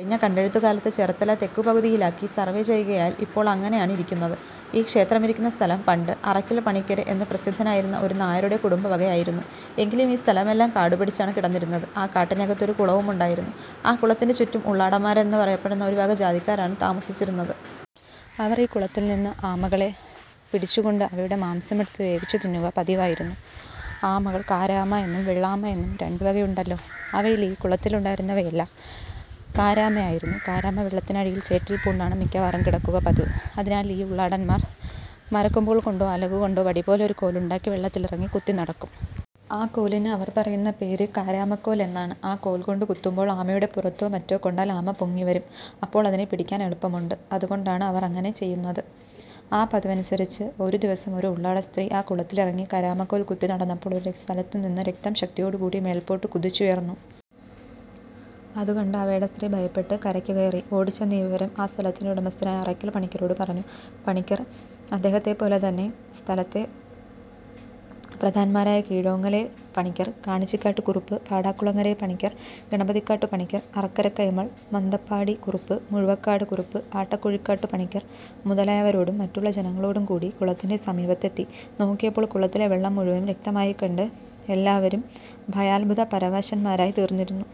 കഴിഞ്ഞ കണ്ടെഴുത്തുകാലത്തു ചേർത്തല തെക്കുപകുതിയിലാക്കി സർവ്വേ ചെയ്യുകയാൽ ഇപ്പോൾ അങ്ങനെയാണിരിക്കുന്നത്. ഈ ക്ഷേത്രമിരിക്കുന്ന സ്ഥലം പണ്ട് 'അറയ്ക്കൽ പണിക്കര്' എന്നു പ്രസിദ്ധനായിരുന്ന ഒരു നായരുടെ കുടുംബവകയായിരുന്നു. എങ്കിലും ഈ സ്ഥലമെല്ലാം കാടുപിടിച്ചാണു കിടന്നിരുന്നത്. ആ കാട്ടിനകത്ത് ഒരു കുളവുമുണ്ടായിരുന്നു. ആ കുളത്തിന്റെ ചുറ്റും ഉള്ളാടന്മാര് എന്നു പറയപ്പെടുന്ന ഒരുവക ജാതിക്കാരാണു താമസിച്ചിരുന്നത്. അവർ ഈ കുളത്തിൽനിന്ന് ആമകളെ പിടിച്ചുകൊണ്ട് അവയുടെ മാംസമെടുത്തു വേവിച്ചു തിന്നുക പതിവായിരുന്നു. ആമകൾ 'കാരാമ' എന്നും വെള്ളാമ എന്നും രണ്ടു വകയുണ്ടല്ലോ. അവയിൽ ഈ കുളത്തിലുണ്ടായിരുന്നവയെല്ലാം കാരാമയായിരുന്നു. കാരാമ വെള്ളത്തിനടിയിൽ ചേറ്റിൽ പൂണ്ടാണ് മിക്കവാറും കിടക്കുക പതിവ്. അതിനാൽ ഈ ഉള്ളാടന്മാർ മരക്കൊമ്പുകൾകൊണ്ടോ അലകുകൊണ്ടോ വടിപോലെ ഒരു കോലുണ്ടാക്കി വെള്ളത്തിലിറങ്ങി കുത്തിനടക്കും. ആ കോലിന് അവർ പറയുന്ന പേര് കാരാമക്കോൽ എന്നാണ്. ആ കോൽകൊണ്ടു കുത്തുമ്പോൾ ആമയുടെ പുറത്തോ മറ്റോ കൊണ്ടാൽ ആമ പൊങ്ങിവരും. അപ്പോൾ അതിനെ പിടിക്കാനെളുപ്പമുണ്ട്. അതുകൊണ്ടാണ് അവർ അങ്ങനെ ചെയ്യുന്നത്. ആ പതിവനുസരിച്ച് ഒരു ദിവസം ഒരു ഉള്ളാടസ്ത്രീ ആ കുളത്തിലിറങ്ങി കാരാമക്കോൽ കുത്തി നടന്നപ്പോൾ ഒരു സ്ഥലത്തുനിന്ന് രക്തം ശക്തിയോടുകൂടി മേൽപ്പോട്ടു കുതിച്ചുയർന്നു. അതുകണ്ട് ആ വേടസ്ത്രീ ഭയപ്പെട്ടു കരയ്ക്കു കയറി ഓടിച്ചെന്ന് ഈ വിവരം ആ സ്ഥലത്തിന്റെ ഉടമസ്ഥനായ അറയ്ക്കൽ പണിക്കരോടു പറഞ്ഞു. പണിക്കർ അദ്ദേഹത്തെപ്പോലെതന്നെ ദേശത്തു പ്രധാനന്മാരായ കീഴോങ്ങലെ പണിക്കർ, കാണിച്ചിക്കാട്ടുകുറുപ്പ്, പടാകുളങ്ങരെപ്പണിക്കർ, ഗണപതിക്കാട്ടു പണിക്കർ, അറക്കര കൈമൾ, മന്തപ്പാടി കുറുപ്പ്, മുഴുവക്കാട് കുറുപ്പ്, ആട്ടക്കുഴിക്കാട്ടു പണിക്കർ മുതലായവരോടും മറ്റുള്ള ജനങ്ങളോടും കൂടി കുളത്തിന്റെ സമീപത്തെത്തി നോക്കിയപ്പോൾ കുളത്തിലെ വെള്ളം മുഴുവനും രക്തമയമായിക്കണ്ട് എല്ലാവരും ഭയാത്ഭുതപരവശന്മാരായിത്തീർന്നു.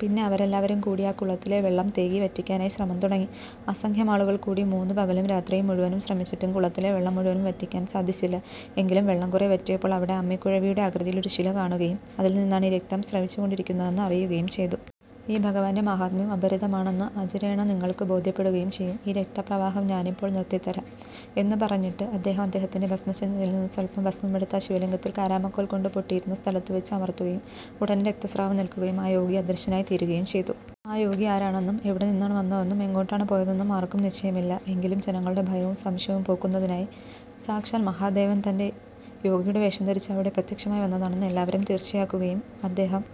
പിന്നെ അവരെല്ലാവരുംകൂടി ആ കുളത്തിലെ വെള്ളം തേകി വറ്റിക്കാനായി ശ്രമം തുടങ്ങി. അസംഖ്യമാളുകൾകൂടി മൂന്നു പകലും രാത്രിയും മുഴുവനും ശ്രമിച്ചിട്ടും കുളത്തിലെ വെള്ളം മുഴുവനും വറ്റിക്കാൻ സാധിച്ചില്ല. എങ്കിലും വെള്ളം കുറെ വറ്റിയപ്പോൾ അവിടെ അമ്മിക്കുഴവിയുടെ ആകൃതിയിൽ ഒരു ശില കാണുകയും അതിൽനിന്നാണ് ഈ രക്തം സ്രവിച്ചു കൊണ്ടിരിക്കുന്നതെന്ന് അറിയുകയും ചെയ്തു. ഈ ഭഗവാന്റെ മാഹാത്മ്യം അപരിമിതമാണെന്ന് അചിരേണ നിങ്ങൾക്കു ബോധ്യപ്പെടുകയും ചെയ്യും. ഈ രക്തപ്രവാഹം ഞാനിപ്പോൾ നിർത്തിത്തരാം. ' എന്നു പറഞ്ഞിട്ട് അദ്ദേഹം അദ്ദേഹത്തിന്റെ ഭസ്മസഞ്ചിയിൽനിന്നു സ്വൽപം ഭസ്മമെടുത്ത് ആ ശിവലിംഗത്തിൽ കാരാമക്കോൽകൊണ്ടു പൊട്ടിയിരുന്ന സ്ഥലത്തു വെച്ച് അമർത്തുകയും ഉടനെ രക്തസ്രാവം നിൽക്കുകയും ആ യോഗി അദൃശ്യനായിത്തീരുകയും ചെയ്തു. ആ യോഗി ആരാണെന്നും എവിടെനിന്നാണു വന്നതെന്നും എങ്ങോട്ടാണു പോയതെന്നും ആർക്കും നിശ്ചയമില്ല. എങ്കിലും ജനങ്ങളുടെ ഭയവും സംശയവും പോക്കുന്നതിനായി സാക്ഷാൽ മഹാദേവൻ തന്നെ യോഗിയുടെ വേഷം ധരിച്ച് അവിടെ പ്രത്യക്ഷമായി വന്നതാണെന്ന് എല്ലാവരും തീർച്ചയാക്കുകയും അദ്ദേഹം